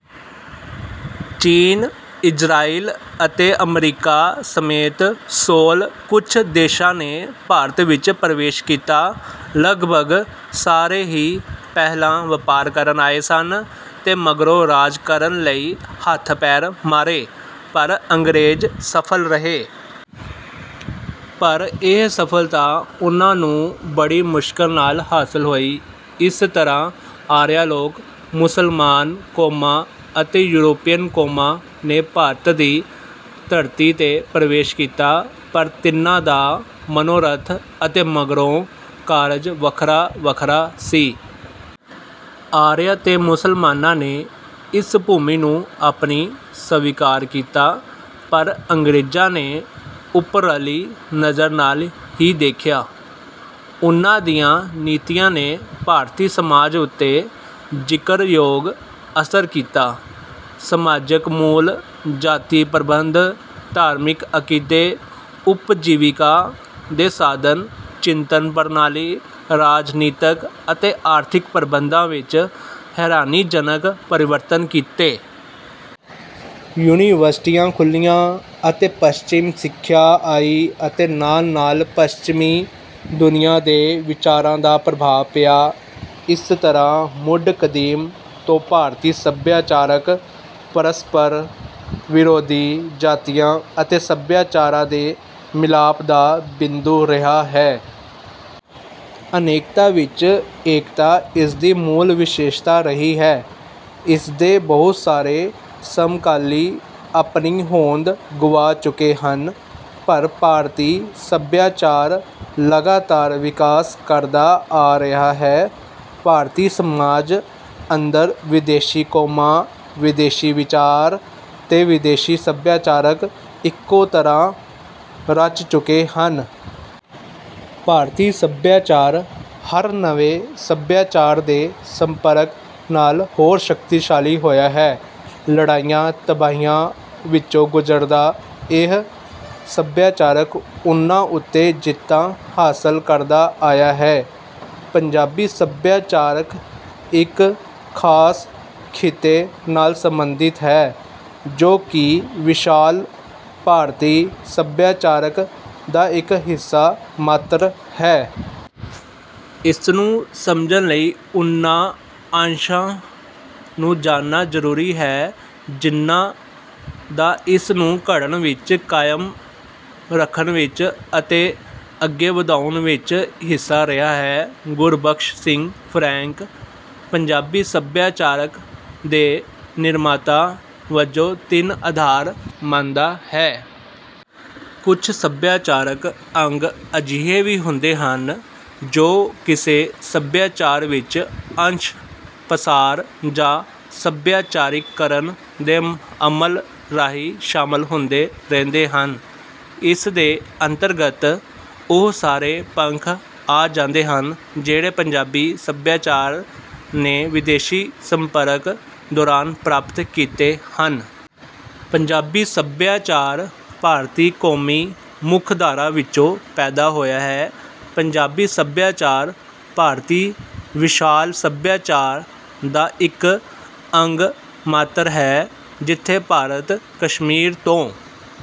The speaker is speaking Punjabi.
ਚੀਨ, ਇਜ਼ਰਾਈਲ ਅਤੇ ਅਮਰੀਕਾ ਸਮੇਤ ਸੋਲ੍ਹ ਕੁਝ ਦੇਸ਼ਾਂ ਨੇ ਭਾਰਤ ਵਿੱਚ ਪ੍ਰਵੇਸ਼ ਕੀਤਾ। ਲਗਭਗ ਸਾਰੇ ਹੀ ਪਹਿਲਾਂ ਵਪਾਰ ਕਰਨ ਆਏ ਸਨ ਤੇ ਮਗਰੋਂ ਰਾਜ ਕਰਨ ਲਈ ਹੱਥ ਪੈਰ ਮਾਰੇ। ਪਰ ਅੰਗ੍ਰੇਜ਼ ਸਫ਼ਲ ਰਹੇ। ਪਰ ਇਹ ਸਫ਼ਲਤਾ ਉਨ੍ਹਾਂ ਨੂੰ ਬੜੀ ਮੁਸ਼ਕਿਲ ਨਾਲ ਹਾਸਲ ਹੋਈ। ਇਸ ਤਰ੍ਹਾਂ ਆਰੀਆ ਲੋਕ, ਮੁਸਲਮਾਨ ਕੌਮਾਂ ਅਤੇ ਯੂਰਪੀਨ ਕੌਮਾਂ ਨੇ ਭਾਰਤ ਦੀ ਧਰਤੀ 'ਤੇ ਪ੍ਰਵੇਸ਼ ਕੀਤਾ। ਪਰ ਤਿੰਨਾਂ ਦਾ ਮਨੋਰਥ ਅਤੇ ਮਗਰੋਂ ਕਾਰਜ ਵੱਖਰਾ-ਵੱਖਰਾ ਸੀ। ਆਰੀਆਂ ਤੇ ਮੁਸਲਮਾਨਾਂ ਨੇ ਇਸ ਭੂਮੀ ਨੂੰ ਆਪਣੀ ਸਵੀਕਾਰ ਕੀਤਾ, ਪਰ ਅੰਗ੍ਰੇਜ਼ਾਂ ਨੇ ਉਪਰਲੀ ਨਜ਼ਰ ਨਾਲ ਹੀ ਦੇਖਿਆ। ਉਨ੍ਹਾਂ ਦੀਆਂ ਨੀਤੀਆਂ ਨੇ ਭਾਰਤੀ ਸਮਾਜ ਉੱਤੇ ਜ਼ਿਕਰਯੋਗ ਅਸਰ ਕੀਤਾ। ਸਮਾਜਕ ਮੂਲ, ਜਾਤੀ ਪ੍ਰਬੰਧ, ਧਾਰਮਿਕ ਅਕੀਦੇ, ਉਪਜੀਵਿਕਾ ਦੇ ਸਾਧਨ, ਚਿੰਤਨ ਪ੍ਰਣਾਲੀ, ਰਾਜਨੀਤਕ ਅਤੇ ਆਰਥਿਕ ਪ੍ਰਬੰਧਾਂ ਵਿੱਚ ਹੈਰਾਨੀਜਨਕ ਪਰਿਵਰਤਨ ਕੀਤੇ। ਯੂਨੀਵਰਸਿਟੀਆਂ ਖੁੱਲ੍ਹੀਆਂ, ਅਤੇ ਪੱਛਿਮ ਸਿੱਖਿਆ ਆਈ ਅਤੇ ਨਾਲ-ਨਾਲ ਪੱਛਮੀ ਦੁਨੀਆਂ ਦੇ ਵਿਚਾਰਾਂ ਦਾ ਪ੍ਰਭਾਵ ਪਿਆ। ਇਸ ਤਰ੍ਹਾਂ ਮੁੱਢ ਕਦੀਮ ਤੋਂ ਭਾਰਤੀ ਸੱਭਿਆਚਾਰ ਪਰਸਪਰ ਵਿਰੋਧੀ ਜਾਤੀਆਂ ਅਤੇ ਸੱਭਿਆਚਾਰਾਂ ਦੇ ਮਿਲਾਪ ਦਾ ਬਿੰਦੂ ਰਿਹਾ ਹੈ। ਅਨੇਕਤਾ ਵਿੱਚ ਏਕਤਾ ਇਸਦੀ ਮੂਲ ਵਿਸ਼ੇਸ਼ਤਾ ਰਹੀ ਹੈ। ਇਸ ਦੇ ਬਹੁਤ ਸਾਰੇ ਸਮਕਾਲੀ ਆਪਣੀ ਹੋਂਦ ਗਵਾ ਚੁੱਕੇ ਹਨ। ਪਰ ਭਾਰਤੀ ਸੱਭਿਆਚਾਰ ਲਗਾਤਾਰ ਵਿਕਾਸ ਕਰਦਾ ਆ ਰਿਹਾ ਹੈ। ਭਾਰਤੀ ਸਮਾਜ ਅੰਦਰ ਵਿਦੇਸ਼ੀ ਕੌਮਾਂ, ਵਿਦੇਸ਼ੀ ਵਿਚਾਰ, ਤੇ ਵਿਦੇਸ਼ੀ ਸੱਭਿਆਚਾਰ ਇੱਕੋ ਤਰ੍ਹਾਂ ਰਚ ਚੁੱਕੇ ਹਨ। ਭਾਰਤੀ ਸੱਭਿਆਚਾਰ ਹਰ ਨਵੇਂ ਸੱਭਿਆਚਾਰ ਦੇ ਸੰਪਰਕ ਨਾਲ ਹੋਰ ਸ਼ਕਤੀਸ਼ਾਲੀ ਹੋਇਆ ਹੈ। ਲੜਾਈਆਂ ਤਬਾਹੀਆਂ ਵਿੱਚੋਂ ਗੁਜ਼ਰਦਾ ਇਹ ਸੱਭਿਆਚਾਰ ਉਨ੍ਹਾਂ ਉੱਤੇ ਜਿੱਤਾਂ ਹਾਸਲ ਕਰਦਾ ਆਇਆ ਹੈ। ਪੰਜਾਬੀ ਸੱਭਿਆਚਾਰ ਇੱਕ ਖਾਸ ਖਿੱਤੇ ਨਾਲ ਸੰਬੰਧਿਤ ਹੈ ਜੋ ਕਿ ਵਿਸ਼ਾਲ ਭਾਰਤੀ ਸੱਭਿਆਚਾਰ ਦਾ ਇੱਕ ਹਿੱਸਾ ਮਾਤਰ ਹੈ। ਇਸ ਨੂੰ ਸਮਝਣ ਲਈ ਉਨ੍ਹਾਂ ਅੰਸ਼ਾਂ ਨੂੰ ਜਾਣਨਾ ਜ਼ਰੂਰੀ ਹੈ ਜਿਨ੍ਹਾਂ ਦਾ ਇਸ ਨੂੰ ਘੜਨ ਵਿੱਚ, ਕਾਇਮ ਰੱਖਣ ਵਿੱਚ ਅਤੇ ਅੱਗੇ ਵਧਾਉਣ ਵਿੱਚ ਹਿੱਸਾ ਰਿਹਾ ਹੈ। ਗੁਰਬਖ਼ਸ਼ ਸਿੰਘ ਫ਼ਰੈਂਕ ਪੰਜਾਬੀ ਸੱਭਿਆਚਾਰ ਦੇ ਨਿਰਮਾਤਾ ਵਜੋਂ ਤਿੰਨ ਆਧਾਰ ਮੰਨਦਾ ਹੈ। ਕੁਝ ਸੱਭਿਆਚਾਰਕ ਅੰਗ ਅਜਿਹੇ ਵੀ ਹੁੰਦੇ ਹਨ ਜੋ ਕਿਸੇ ਸੱਭਿਆਚਾਰ ਵਿੱਚ ਅੰਸ਼-ਪਸਾਰ ਜਾਂ ਸੱਭਿਆਚਾਰੀਕਰਨ ਦੇ ਅਮਲ ਰਾਹੀਂ ਸ਼ਾਮਲ ਹੁੰਦੇ ਰਹਿੰਦੇ ਹਨ। ਇਸ ਦੇ ਅੰਤਰਗਤ ਉਹ ਸਾਰੇ ਪੱਖ ਆ ਜਾਂਦੇ ਹਨ ਜਿਹੜੇ ਪੰਜਾਬੀ ਸੱਭਿਆਚਾਰ ਨੇ ਵਿਦੇਸ਼ੀ ਸੰਪਰਕ ਦੌਰਾਨ ਪ੍ਰਾਪਤ ਕੀਤੇ ਹਨ। ਪੰਜਾਬੀ ਸੱਭਿਆਚਾਰ ਭਾਰਤੀ ਕੌਮੀ ਮੁੱਖ ਧਾਰਾ ਵਿੱਚੋਂ ਪੈਦਾ ਹੋਇਆ ਹੈ। ਪੰਜਾਬੀ ਸੱਭਿਆਚਾਰ, ਭਾਰਤੀ ਵਿਸ਼ਾਲ ਸੱਭਿਆਚਾਰ ਦਾ ਇੱਕ ਅੰਗ ਮਾਤਰ ਹੈ। ਜਿਥੇ ਭਾਰਤ ਕਸ਼ਮੀਰ ਤੋਂ